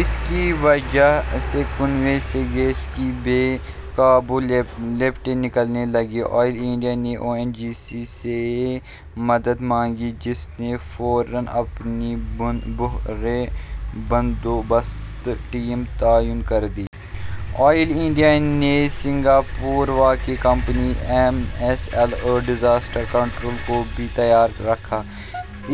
اس کی وجہ سے کنوئیں سے گیس کی بے قابو لپٹیں نکلنے لگیں آئل انڈیا نے او این جی سی سے مدد مانگی جس نے فوراً اپنی بحران بندوبست ٹیم تعینات کر دی آئل انڈیا نے سنگاپور واقع company messrs Alert Disaster Control کو بھی تیار رکھا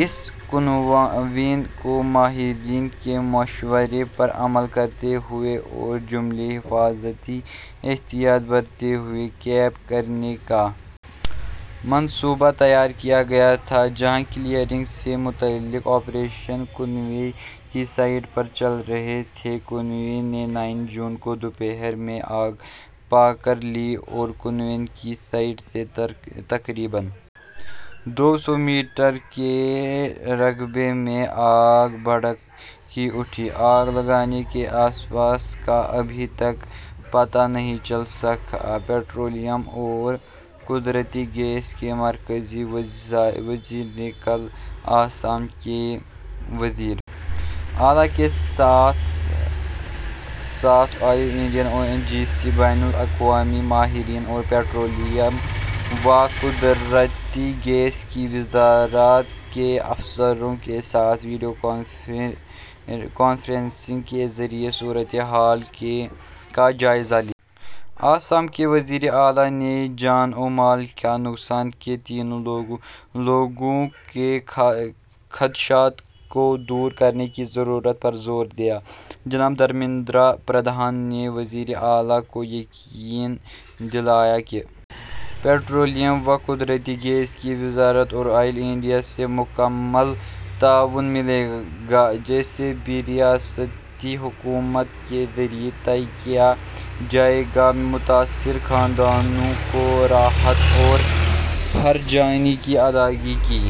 اس کنوئیں کو ماہرین کے مشورے پر عمل کرتے ہوئے اور جملہ حفاظتی احتیاط برتتے ہوئے کیپ کرنے کا منصوبہ تیار کیا گیا تھا جہاں کلیئرنگ سے متعلق آپریشن کنوئیں کی سائٹ پر چل رہے تھے کنوئیں نے نو جون کو دوپہر میں آگ پکڑ لی اور کنوئیں کی سائٹ سے تقریباً دو سو میٹر کے رقبے میں آگ بھڑک اٹھی آگ لگنے کے اسباب کا ابھی تک پتہ نہیں چل سکا ہے پیٹرولیم اور قدرتی گیس کے مرکزی وزیر نے کل آسام کے وزیر اعلیٰ کے ساتھ ساتھ Oil India O N G C بین الاقوامی ماہرین اور پیٹرولیم و قدرتی گیس کی وزارت کے افسروں کے ساتھ ویڈیو کانفرنسنگ کے ذریعے صورت حال کا جائزہ لیا آسام کے وزیر اعلیٰ نے جان و مال کے نقصان کے تئیں لوگوں کے خدشات کو دور کرنے کی ضرورت پر زور دیا جناب دھرمیندر پردھان نے وزیر اعلیٰ کو یقین دلایا کہ پیٹرولیم و قدرتی گیس کی وزارت اور آئل انڈیا سے مکمل تعاون ملے گا جیسا بھی ریاستی حکومت کے ذریعے طے کیا جائے گا متاثرہ کنبوں کو راحت اور ہرجانے کی ادائیگی کی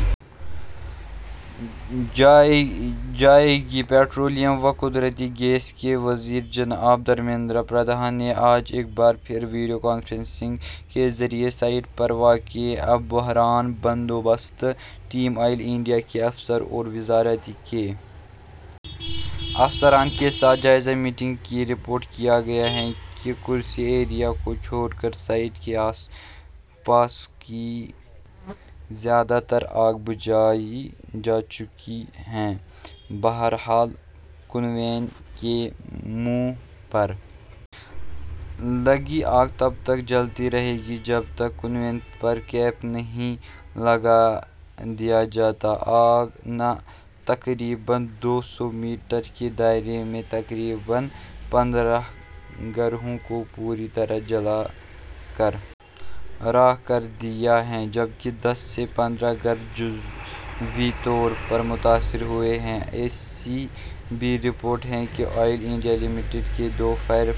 جائے گی پیٹرولیم و قدرتی گیس کے وزیر جناب دھرمیندر پردھان نے آج ایک بار پھر ویڈیو کانفرنسنگ کے ذریعے سائٹ پر واقع بحران بندوبست ٹیم آئل انڈیا کے افسروں اور وزارت کے افسران کے ساتھ جائزہ میٹنگ کی رپورٹ کیا گیا ہے کہ کرسی ایریا کو چھوڑ کر سائٹ کے آس پاس کی زیادہ تر آگ بجھائی جا چکی ہے بہرحال کنوئیں کے منہ پر لگی آگ تب تک جلتی رہے گی جب تک کنوئیں پر کیپ نہیں لگا دیا جاتا آگ نے تقریباً دو سو میٹر کے دائرے میں تقریباً پندرہ گھروں کو پوری طرح جلا کر راکھ کر دیا ہے جبکہ دس سے پندرہ گھر جزوی طور پر متاثر ہوئے ہیں ایسی بھی رپورٹ ہے کہ آئل انڈیا لمیٹڈ کے دو فائر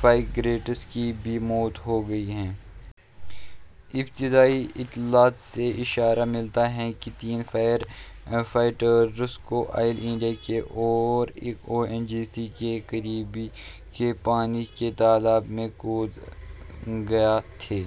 فائٹرز کی بھی موت ہو گئی ہے ابتدائی اطلاعات سے اشارہ ملتا ہے کہ تین فائر فائٹرز دو آئل انڈیا کے اور ایک او این جی سی کے قریب کے پانی کے تالاب میں کود گئے تھے